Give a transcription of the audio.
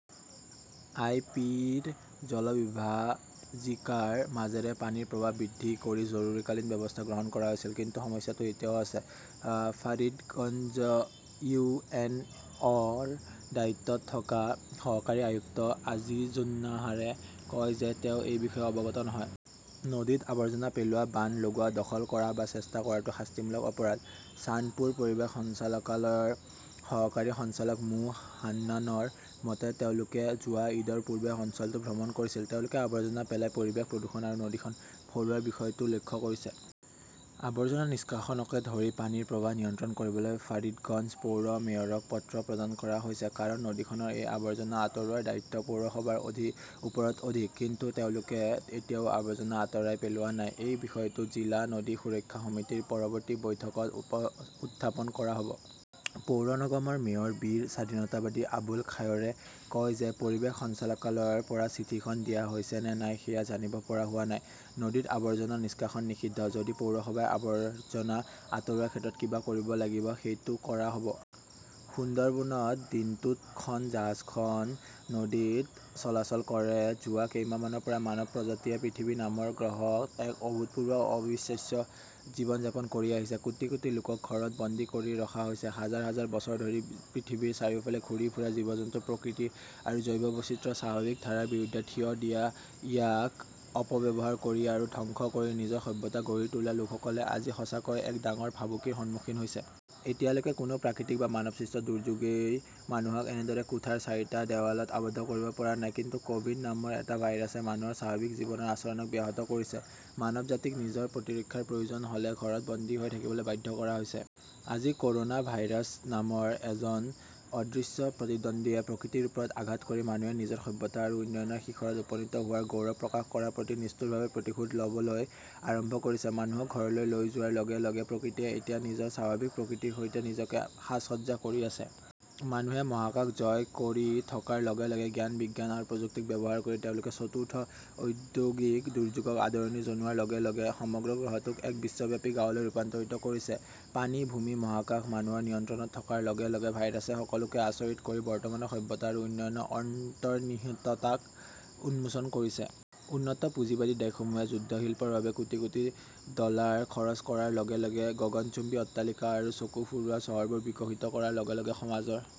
আই. P. ৰ জলবিভাজিকাৰ মাজেৰে পানীৰ প্ৰৱাহ বৃদ্ধি কৰি জৰুৰীকালীন ব্যৱস্থা গ্ৰহণ কৰা হৈছিল। কিন্তু সমস্যাটো এতিয়াও আছে। ফাৰিদগঞ্জ ইউ. এন. অ. ৰ দায়িত্বত থকা সহকাৰী আয়ুক্ত আজিজুন্নাহাৰে কয় যে তেওঁ এই বিষয়ে অৱগত নহয়। নদীত আৱৰ্জনা পেলোৱা, বান্ধ লগোৱা, দখল কৰা বা চেষ্টা কৰাটো শাস্তিমূলক অপৰাধ। চান্দপুৰ পৰিৱেশ সঞ্চালকালয়ৰ সহকাৰী সঞ্চালক মো. হান্নানৰ মতে, তেওঁলোকে যোৱা ঈদৰ পূৰ্বে অঞ্চলটো ভ্ৰমণ কৰিছিল। তেওঁলোকে আৱৰ্জনা পেলাই পৰিৱেশ প্ৰদূষণ আৰু নদীখন ভৰোৱাৰ বিষয়টো লক্ষ্য কৰিছে। আবৰ্জনা নিষ্কাশনকে ধৰি পানীৰ প্ৰৱাহ নিয়ন্ত্ৰণ কৰিবলৈ ফাৰিদগঞ্জ পৌৰ মেয়ৰক পত্ৰ প্ৰদান কৰা হৈছে। কাৰণ নদীখনৰ এই আৱৰ্জনা আঁতৰোৱাৰ দায়িত্ব পৌৰসভাৰ ওপৰত অধিক। কিন্তু তেওঁলোকে এতিয়াও আৱৰ্জনা আঁতৰাই পেলোৱা নাই। এই বিষয়টো জিলা নদী সুৰক্ষা সমিতিৰ পৰৱৰ্তী বৈঠকত উত্থাপন কৰা হ’ব। পৌৰ নিগমৰ মেয়ৰ বীৰ স্বাধীনতাবাদী আবুল খায়ৰে কয় যে পৰিৱেশ সঞ্চালকালয়ৰ পৰা চিঠিখন দিয়া হৈছে নে নাই সেয়া জানিব পৰা হোৱা নাই। নদীত আৱৰ্জনা নিষ্কাশন নিষিদ্ধ। যদি পৌৰসভাই আৱৰ্জনা আঁতৰোৱাৰ ক্ষেত্ৰত কিবা কৰিব লাগিব, সেইটো কৰা হ 'ব। সুন্দৰবনত দিনটোত খন জাহাজ খন নদীত চলাচল কৰে যোৱা কেইমাহমানৰ পৰা মানৱ প্ৰজাতিয়ে পৃথিৱী নামৰ গ্ৰহত এক অভূতপূৰ্ব অবিশ্বাস্য জীৱন যাপন কৰি আহিছে। কোটি কোটি লোকক ঘৰত বন্দী কৰি ৰখা হৈছে। হাজাৰ হাজাৰ বছৰ ধৰি পৃথিৱীৰ চাৰিওফালে ঘূৰি ফুৰা, জীৱ-জন্তুৰ প্ৰকৃতি আৰু জৈৱ বৈচিত্ৰ্যৰ স্বাভাৱিক ধাৰাৰ বিৰুদ্ধে থিয় দিয়া, ইয়াক অপব্যৱহাৰ কৰি আৰু ধ্বংস কৰি নিজৰ সভ্যতা গঢ়ি তোলা লোকসকলে আজি সঁচাকৈয়ে এক ডাঙৰ ভাবুকিৰ সন্মুখীন হৈছে। এতিয়ালৈকে কোনো প্ৰাকৃতিক বা মানৱসৃষ্ট দুৰ্যোগই মানুহক এনেদৰে কোঠাৰ চাৰিটা দেৱালত আবদ্ধ কৰিব পৰা নাই। কিন্তু ক’ভিড- নামৰ এটা ভাইৰাছে মানুহৰ স্বাভাৱিক জীৱনৰ আচৰণক ব্যাহত কৰিছে। মানৱজাতিক নিজৰ প্ৰতিৰক্ষাৰ প্ৰয়োজন হ’লে ঘৰত বন্দী হৈ থাকিবলৈ বাধ্য কৰা হৈছে। আজি ক’ৰনা ভাইৰাছ নামৰ এজন অদৃশ্য প্ৰতিদ্বন্দ্বীয়ে প্ৰকৃতিৰ ওপৰত আঘাত কৰি মানুহে নিজৰ সভ্যতা আৰু উন্নয়নৰ শিখৰত উপনীত হোৱাৰ গৌৰৱ প্ৰকাশ কৰাৰ প্ৰতি নিষ্ঠুৰভাৱে প্ৰতিশোধ ল "বলৈ আৰম্ভ কৰিছে। মানুহক ঘৰলৈ লৈ যোৱাৰ লগে লগে প্ৰকৃতিয়ে এতিয়া নিজৰ স্বাভাৱিক প্ৰকৃতিৰ সৈতে নিজকে সাজ-সজ্জা কৰি আছে। মানুহে মহাকাশ জয় কৰি থকাৰ লগে লগে, জ্ঞান-বিজ্ঞান আৰু প্ৰযুক্তিক ব্যৱহাৰ কৰি তেওঁলোকে চতুৰ্থ ঔদ্যোগিক দুৰ্যোগক আদৰণি জনোৱাৰ লগে লগে, সমগ্ৰ গ্ৰহটোক এক বিশ্বব্যাপী গাঁৱলৈ ৰূপান্তৰিত কৰিছে, পানী-ভূমি-মহাকাশ মানুহৰ নিয়ন্ত্ৰণত থকাৰ লগে লগে, ভাইৰাছে সকলোকে আচৰিত কৰি বৰ্তমানৰ সভ্যতা আৰু উন্নয়নৰ অন্তৰ্নিহিততাক উন্মোচন কৰিছে। উন্নত পুঁজিবাদী দেশসমূহে যুদ্ধশিল্পৰ বাবে কোটি কোটি ডলাৰ খৰচ কৰাৰ লগে লগে, গগনচুম্বী অট্টালিকা আৰু চকু ফুৰোৱা চহৰবোৰ বিকশিত কৰাৰ লগে লগে, সমাজৰ